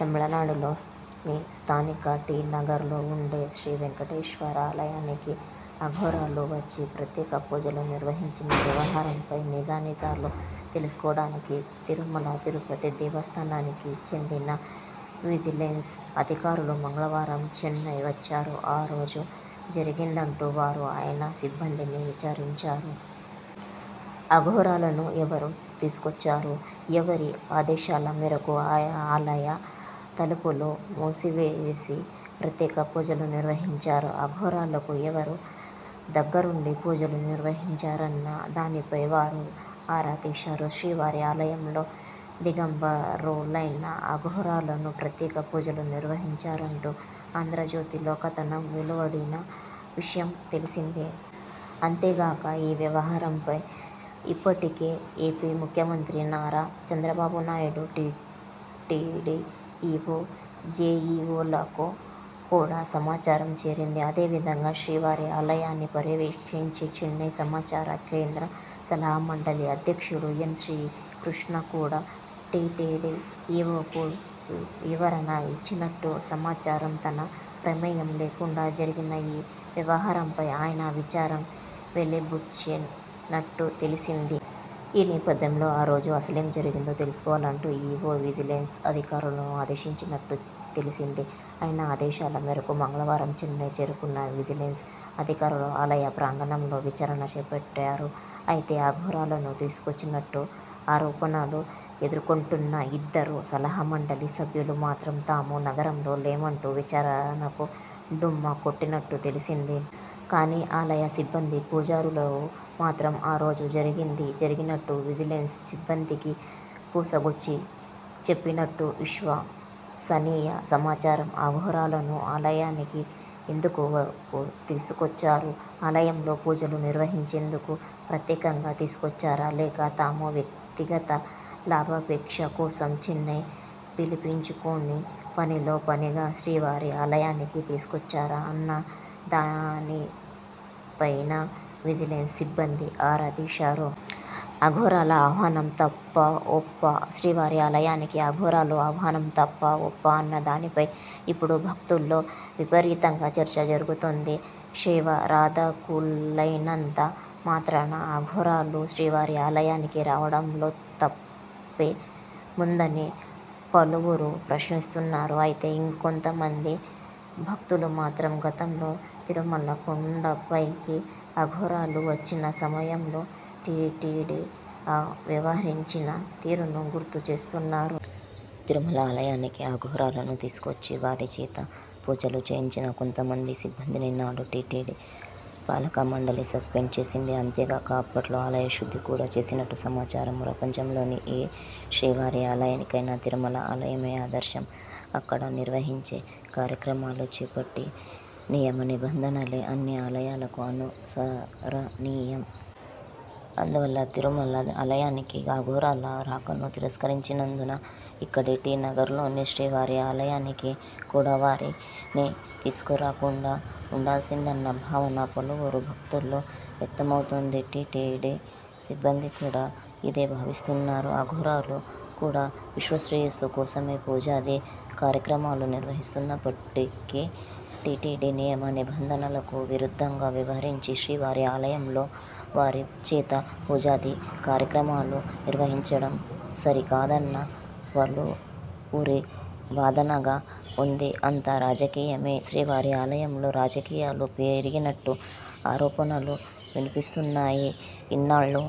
తమిళనాడులోని స్థానిక టి. నగర్లో ఉండే శ్రీ వెంకటేశ్వరాలయానికి అఘోరాలు వచ్చి ప్రత్యేక పూజలు నిర్వహించిన వ్యవహారంపై నిజానిజాలు తెలుసుకోవడానికి తిరుమల తిరుపతి దేవస్థానానికి కి చెందిన విజిలెన్స్ అధికారులు మంగళవారం చెన్నై వచ్చారు. ఆ రోజు ఏం జరిగిందంటూ వారు ఆలయ సిబ్బందిని విచారించారు. అఘోరాలను ఎవరు తీసుకొచ్చారు? ఎవరి ఆదేశాల మేరకు ఆలయ తలుపులు మూసివేసి ప్రత్యేక పూజలు నిర్వహించారు? అఘోరాలకు ఎవరు దగ్గరుండి పూజలు నిర్వహించారన్న దానిపై వారు ఆరా తీశారు. శ్రీవారి ఆలయంలో దిగంబరులైన అఘోరాలు ప్రత్యేక పూజలు నిర్వహించారంటూ 'ఆంధ్రజ్యోతి'లో కథనం వెలువడిన విషయం తెలిసిందే. అంతేగాక ఈ వ్యవహారంపై ఇప్పటికే ఏపీ ముఖ్యమంత్రి నారా చంద్రబాబునాయుడు, టీటీడీ ఈవో, జేఈవోలకు కూడా సమాచారం చేరింది. అదే విధంగా శ్రీవారి ఆలయాన్ని పర్యవేక్షించే చెన్నై సమాచారకేంద్ర సలహా మండలి అధ్యక్షుడు ఎన్. శ్రీకృష్ణ కూడా టీటీడీ ఈవోకు వివరణ ఇచ్చినట్టు సమాచారం. తన ప్రమేయం లేకుండా జరిగిన ఈ వ్యవహారంపై ఆయన విచారం వెలిబుచ్చినట్టు తెలిసింది. ఈ నేపథ్యంలో ఆరోజు అసలేం జరిగిందో తెలుసుకోవాలంటూ ఈవో విజిలెన్స్ అదికారులను ఆదేశించినట్టు తెలిసింది. ఆయన ఆదేశాల మేరకు మంగళవారం చెన్నై చేరుకున్న విజిలెన్స్ అధికారులు ఆలయ ప్రాంగణంలో విచారణ చేపట్టారు. అయితే అఘోరాలను తీసుకొచ్చినట్టు ఆరోపణలు ఎదుర్కొంటున్న ఇద్దరు సలహామండలి సభ్యులు మాత్రం తాము నగరంలో లేమంటూ విచారణకు డుమ్మా కొట్టినట్టు తెలిసింది. కానీ ఆలయ సిబ్బంది, పూజారులు మాత్రం ఆరోజు జరిగింది జరిగినట్టు విజిలెన్స్ సిబ్బందికి పూసగుచ్చి చెప్పినట్టు విశ్వసనీయ సమాచారం. అఘోరాలను ఆలయానికి ఎందుకు తీసుకొచ్చారు? ఆలయంలో పూజలు నిర్వహించేందుకు ప్రత్యేకంగా తీసుకొచ్చారా, లేక తమ వ్యక్తిగత లాభాపేక్ష కోసం చెన్నై పిలిపించుకుని, పనిలో పనిగా శ్రీవారి ఆలయానికి తీసుకొచ్చారా అన్నదానిపైనా విజిలెన్స్ సిబ్బంది ఆరా తీశారు. అఘోరాల ఆహ్వానం తప్పాఒప్పా? శ్రీవారి ఆలయానికి అఘోరాల ఆహ్వానం తప్పా ఒప్పా అన్నదానిపై ఇప్పుడు భక్తుల్లో విపరీతంగా చర్చ జరుగుతోంది. శైవారాధకులైనంత మాత్రాన అఘోరాలు శ్రీవారి ఆలయానికి రావడంలో తప్పేముందని పలువురు ప్రశ్నిస్తున్నారు. అయితే ఇంకొంతమంది భక్తులు మాత్రం గతంలో తిరుమల కొండపైకి అఘోరాలు వచ్చిన సమయంలో టీటీడీ వ్యవహరించిన తీరును గుర్తు చేస్తున్నారు. తిరుమల ఆలయానికి అఘోరాలను తీసుకువచ్చి, వారి చేత పూజలు చేయించిన కొంతమంది సిబ్బందిని నాడు టీటీడీ పాలకమండలి సస్పెండ్ చేసింది. అంతేగాక అప్పట్లో ఆలయశుద్ధి కూడా చేసినట్టు సమాచారం. ప్రపంచంలోని ఏ శ్రీవారి ఆలయానికైనా తిరుమల ఆలయమే ఆదర్శం. అక్కడ నిర్వహించే కార్యక్రమాలు, చేపట్టే నియమనిబంధనలే అన్ని ఆలయాలకు అనుసరణీయం. అందువల్ల తిరుమల ఆలయానికి అఘోరాల రాకను తిరస్కరించినందున ఇక్కడి టి. నగర్లోని శ్రీవారి ఆలయానికి కూడా వారిని తీసుకురాకుండా వుండాల్సిందన్న భావన పలువురు భక్తుల్లో వ్యక్తమవుతోంది. టీటీడీ సిబ్బంది కూడా ఇదే భావిస్తున్నారు. అఘోరాలు కూడా విశ్వశ్రేయస్సు కోసమే పూజాది కార్యక్రమాలు నిర్వహిస్తున్నప్పటికీ టీటీడీ నియమ నిబంధనలకు విరుద్ధంగా వ్యవహరించి, శ్రీవారి ఆలయంలో వారి చేత పూజాది కార్యక్రమాలు నిర్వహించడం సరి కాదన్నది పలువురి వాదనగా వుంది. అంతా రాజకీయమే! శ్రీవారి ఆలయంలో రాజకీయాలు పెరిగినట్టు ఆరోపణలు వినిపిస్తున్నాయి. ఇన్నాళ్లూ